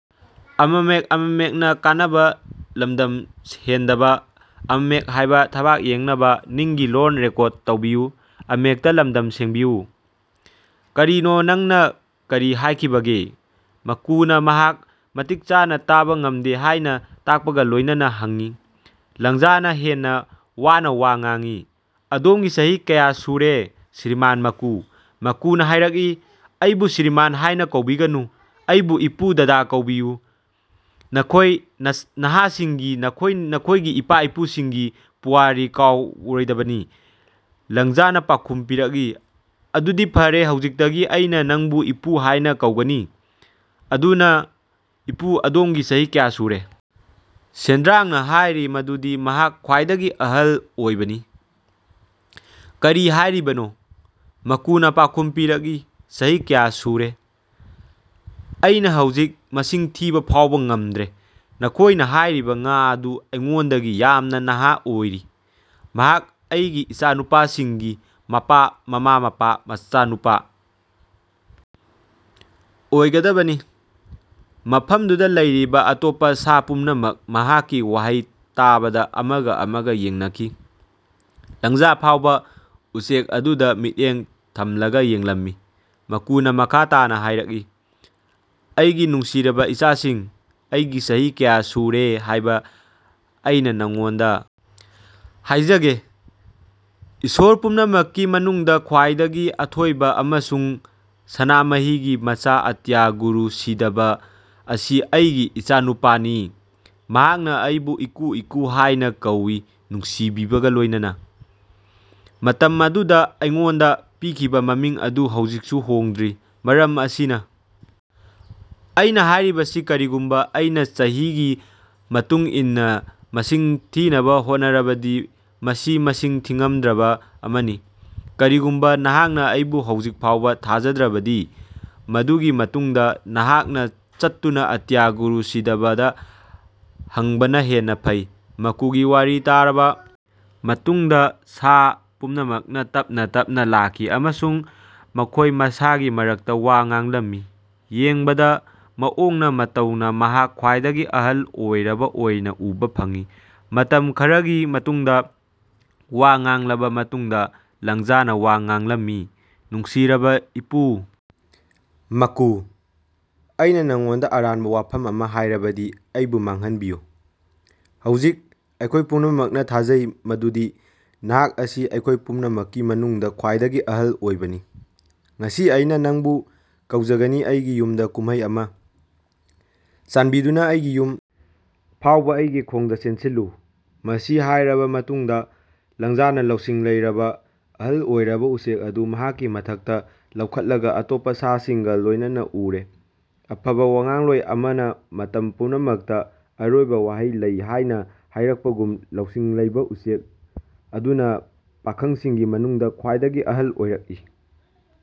ꯀꯔꯤꯅꯣ ꯅꯪꯅ ꯀꯔꯤ ꯍꯥꯏꯈꯤꯕꯒꯦ? ꯃꯀꯨꯅ ꯃꯍꯥꯛ ꯃꯇꯤꯛ ꯆꯥꯅ ꯇꯥꯕ ꯉꯝꯗꯦ ꯍꯥꯏꯕ ꯇꯥꯛꯄꯒ ꯂꯣꯏꯅꯅ ꯍꯪꯏ꯫ ꯂꯪꯖꯥꯅ ꯍꯦꯟꯅ ꯋꯥꯅ ꯋꯥ ꯉꯥꯡꯏ, "ꯑꯗꯣꯝꯒꯤ ꯆꯍꯤ ꯀꯌꯥ ꯁꯨꯔꯦ, ꯁ꯭ꯔꯤꯃꯥꯟ ꯃꯀꯨ? ꯃꯀꯨꯅ ꯍꯥꯏꯔꯛꯏ, "ꯑꯩꯕꯨ ꯁ꯭ꯔꯤꯃꯥꯟ ꯍꯥꯏꯅ ꯀꯧꯕꯤꯒꯅꯨ, ꯑꯩꯕꯨ ꯏꯄꯨ(ꯗꯥꯗꯥ) ꯀꯧꯕꯤꯌꯨ꯫ ꯅꯈꯣꯏ ꯅꯍꯥꯁꯤꯡꯅ ꯅꯈꯣꯏꯒꯤ ꯏꯄꯥ-ꯏꯄꯨꯁꯤꯡꯒꯤ ꯄꯨꯋꯥꯔꯤ ꯀꯥꯎꯔꯣꯏꯗꯕꯅꯤ"꯫ ꯂꯪꯖꯥꯅ ꯄꯥꯎꯈꯨꯝ ꯄꯤꯔꯛꯏ, "ꯑꯗꯨꯗꯤ ꯐꯔꯦ, ꯍꯧꯖꯤꯛꯇꯒꯤ ꯑꯩꯅ ꯅꯪꯕꯨ 'ꯏꯄꯨ' ꯍꯥꯏꯅ ꯀꯧꯒꯅꯤ꯫" ꯑꯗꯨꯅ, ꯏꯄꯨ ꯑꯗꯣꯝꯒꯤ ꯆꯍꯤ ꯀꯌꯥ ꯁꯨꯔꯦ? ꯁꯦꯟꯗ꯭ꯔꯥꯡꯅ ꯍꯥꯏꯔꯤ ꯃꯗꯨꯗꯤ ꯃꯍꯥꯛ ꯈ꯭ꯋꯥꯏꯗꯒꯤ ꯑꯍꯜ ꯑꯣꯏꯕꯅꯤ꯫ "ꯀꯔꯤ ꯍꯥꯏꯔꯤꯕꯅꯣ"? ꯃꯀꯨꯅ ꯄꯥꯎꯈꯨꯝ ꯄꯤꯔꯛꯏ, "ꯆꯍꯤ ꯀꯌꯥ ꯁꯨꯔꯦ, ꯑꯩꯅꯥ ꯍꯧꯖꯤꯛ ꯃꯁꯤꯡ ꯊꯤꯕ ꯐꯥꯎꯕ ꯉꯝꯗ꯭ꯔꯦ꯫" ꯅꯈꯣꯏꯅ ꯍꯥꯏꯔꯤꯕ ꯉꯥ ꯑꯗꯨ ꯑꯩꯉꯣꯟꯗꯒꯤ ꯌꯥꯝꯅ ꯅꯍꯥ ꯑꯣꯏꯔꯤ꯫ ꯃꯍꯥꯛ ꯑꯩꯒꯤ ꯏꯆꯥꯅꯨꯄꯥꯁꯤꯡꯒꯤ ꯃꯄꯥ-ꯃꯃꯥ-ꯃꯄꯥ-ꯃꯆꯥꯅꯨꯄꯥ ꯑꯣꯏꯒꯗꯕꯅꯤ꯫" ꯃꯐꯝꯗꯨꯗ ꯂꯩꯔꯤꯕ ꯑꯇꯣꯞꯄ ꯁꯥ ꯄꯨꯝꯅꯃꯛ ꯃꯍꯥꯛꯀꯤ ꯋꯥꯍꯩ ꯇꯥꯕꯗ ꯑꯃꯒ ꯑꯃꯒ ꯌꯦꯡꯅꯈꯤ꯫ ꯂꯪꯖꯥ ꯐꯥꯎꯕ ꯎꯆꯦꯛ ꯑꯗꯨꯗ ꯃꯤꯠꯌꯦꯡ ꯊꯝꯂꯒ ꯌꯦꯡꯂꯝꯃꯤ꯫ ꯃꯀꯨꯅ ꯃꯈꯥ ꯇꯥꯅ ꯍꯥꯏꯔꯛꯏ, "ꯑꯩꯒꯤ ꯅꯨꯡꯁꯤꯔꯕ ꯏꯆꯥꯁꯤꯡ, ꯑꯩꯒꯤ ꯆꯍꯤ ꯀꯌꯥ ꯁꯨꯔꯦ ꯍꯥꯏꯕ ꯑꯩꯅꯥ ꯅꯉꯣꯟꯗ ꯍꯥꯏꯖꯒꯦ꯫ ꯏꯁꯣꯔ ꯄꯨꯝꯅꯃꯛꯀꯤ ꯃꯅꯨꯡꯗ ꯈ꯭ꯋꯥꯏꯗꯒꯤ ꯑꯊꯣꯏꯕ ꯑꯃꯁꯨꯡ ꯁꯅꯥꯃꯍꯤꯒꯤ ꯃꯄꯥ ꯑꯇꯤꯌꯥ ꯒꯨꯔꯨ ꯁꯤꯗꯕ ꯑꯁꯤ ꯑꯩꯒꯤ ꯏꯆꯥꯅꯨꯄꯥꯅꯤ꯫ ꯃꯍꯥꯛꯅ ꯑꯩꯕꯨ 'ꯏꯀꯨ ꯏꯀꯨ' ꯍꯥꯏꯅꯥ ꯀꯧꯏ, ꯅꯨꯡꯁꯤꯕꯒꯥ ꯂꯣꯏꯅꯅꯥ꯫ ꯃꯇꯝ ꯑꯗꯨꯗ ꯑꯩꯉꯣꯟꯗ ꯄꯤꯈꯤꯕ ꯃꯤꯡ ꯑꯗꯨ ꯍꯧꯖꯤꯛꯁꯨ ꯍꯣꯡꯗ꯭ꯔꯤ꯫ ꯃꯔꯝ ꯑꯁꯤꯅ ꯑꯩꯅ ꯍꯥꯏꯔꯤꯕꯁꯤ ꯀꯔꯤꯒꯨꯝꯕ ꯑꯩꯅ ꯆꯍꯤꯒꯤ ꯃꯇꯨꯡ ꯏꯟꯅ ꯃꯁꯤꯡ ꯊꯤꯅꯕ ꯍꯣꯠꯅꯔꯕꯗꯤ ꯃꯁꯤ ꯃꯁꯤꯡ ꯊꯤꯉꯝꯗ꯭ꯔꯕ ꯑꯃꯅꯤ꯫ ꯀꯔꯤꯒꯨꯝꯕ ꯅꯍꯥꯛꯅ ꯑꯩꯕꯨ ꯍꯧꯖꯤꯛ ꯐꯥꯎꯕ ꯊꯥꯖꯗ꯭ꯔꯕꯗꯤ ꯃꯗꯨꯒꯤ ꯃꯇꯨꯡꯗ ꯅꯍꯥꯛꯅ ꯆꯠꯇꯨꯅ ꯑꯇꯤꯌꯥ ꯒꯨꯔꯨ ꯁꯤꯗꯕꯗ ꯍꯪꯕꯅ ꯍꯦꯟꯅꯥ ꯐꯩ꯫ ꯃꯀꯨꯒꯤ ꯋꯥꯔꯤ ꯇꯥꯔꯕ ꯃꯇꯨꯡꯗ ꯁꯥ ꯄꯨꯝꯅꯃꯛ ꯇꯞꯅ ꯇꯞꯅ ꯂꯥꯛꯈꯤ ꯑꯃꯁꯨꯡ ꯃꯈꯣꯏ ꯃꯁꯥꯒꯤ ꯃꯔꯛꯇ ꯋꯥ ꯉꯥꯡꯂꯝꯃꯤ, "ꯌꯦꯡꯕꯗ ꯃꯑꯣꯡꯅ ꯃꯇꯧꯅ ꯃꯍꯥꯛ ꯈ꯭ꯋꯥꯏꯗꯒꯤ ꯑꯍꯜ ꯑꯣꯏꯔꯕ ꯑꯣꯏꯅ ꯎꯕ ꯐꯪꯏ꯫ ꯃꯇꯝ ꯈꯔꯒꯤ ꯃꯇꯨꯡꯗ ꯋꯥ ꯉꯥꯡꯂꯕ ꯃꯇꯨꯡꯗ ꯂꯪꯖꯥꯅ ꯋꯥ ꯉꯥꯡꯂꯝꯃꯤ, "ꯅꯨꯡꯁꯤꯖꯔꯕꯥ ꯏꯄꯨ ꯃꯀꯨ, ꯑꯩꯅ ꯅꯉꯣꯟꯗ ꯑꯔꯥꯟꯕ ꯋꯥꯐꯝ ꯑꯃ ꯍꯥꯏꯔꯕꯗꯤ ꯑꯩꯕꯨ ꯃꯥꯉꯍꯟꯕꯤꯌꯨ꯫ ꯍꯧꯖꯤꯛ ꯑꯩꯈꯣꯏ ꯄꯨꯝꯅꯃꯛꯅ ꯊꯥꯖꯩ ꯃꯗꯨꯗꯤ ꯅꯍꯥꯛ ꯑꯁꯤ ꯑꯩꯈꯣꯏ ꯄꯨꯝꯅꯃꯛꯀꯤ ꯃꯅꯨꯡꯗ ꯈ꯭ꯋꯥꯏꯗꯒꯤ ꯑꯍꯜ ꯑꯣꯏꯕꯅꯤ꯫ ꯉꯁꯤ ꯑꯩꯅꯥ ꯅꯪꯕꯨ ꯀꯧꯖꯒꯅꯤ ꯑꯩꯒꯤ ꯌꯨꯝꯗ ꯀꯨꯝꯃꯩ ꯑꯃꯥ꯫ ꯆꯥꯟꯕꯤꯗꯨꯅ ꯑꯩꯒꯤ ꯌꯨꯝ ꯐꯥꯎꯕ ꯑꯩꯒꯤ ꯈꯣꯡꯗ ꯆꯦꯟꯁꯤꯜꯂꯨ꯫ ꯃꯁꯤ ꯍꯥꯏꯔꯕ ꯃꯇꯨꯡꯗ ꯂꯪꯖꯥꯅ ꯂꯧꯁꯤꯡ ꯂꯩꯕ ꯑꯍꯜ ꯑꯣꯏꯔꯕ ꯎꯆꯦꯛ ꯑꯗꯨ ꯃꯍꯥꯛꯀꯤ ꯃꯊꯛꯇ ꯂꯧꯈꯠꯂꯒꯥ ꯑꯇꯣꯞꯄ ꯁꯥꯁꯤꯡꯒ ꯂꯣꯏꯅꯅ ꯎꯔꯦ꯫ ꯑꯐꯕ ꯋꯉꯥꯡꯂꯣꯏ ꯑꯃꯅ ꯃꯇꯝ ꯄꯨꯝꯅꯃꯛꯇꯥ ꯑꯔꯣꯏꯕ ꯋꯥꯍꯩ ꯂꯩ ꯍꯥꯏꯅ ꯍꯥꯏꯔꯛꯄꯒꯨꯝ, ꯂꯧꯁꯤꯡ ꯂꯩꯕꯥ ꯎꯆꯦꯛ ꯑꯗꯨꯅ ꯄꯥꯈꯪꯁꯤꯡꯒꯤ ꯃꯅꯨꯡꯗ ꯈ꯭ꯋꯥꯏꯗꯒꯤ ꯑꯍꯜ ꯑꯣꯏꯔꯛꯏ꯫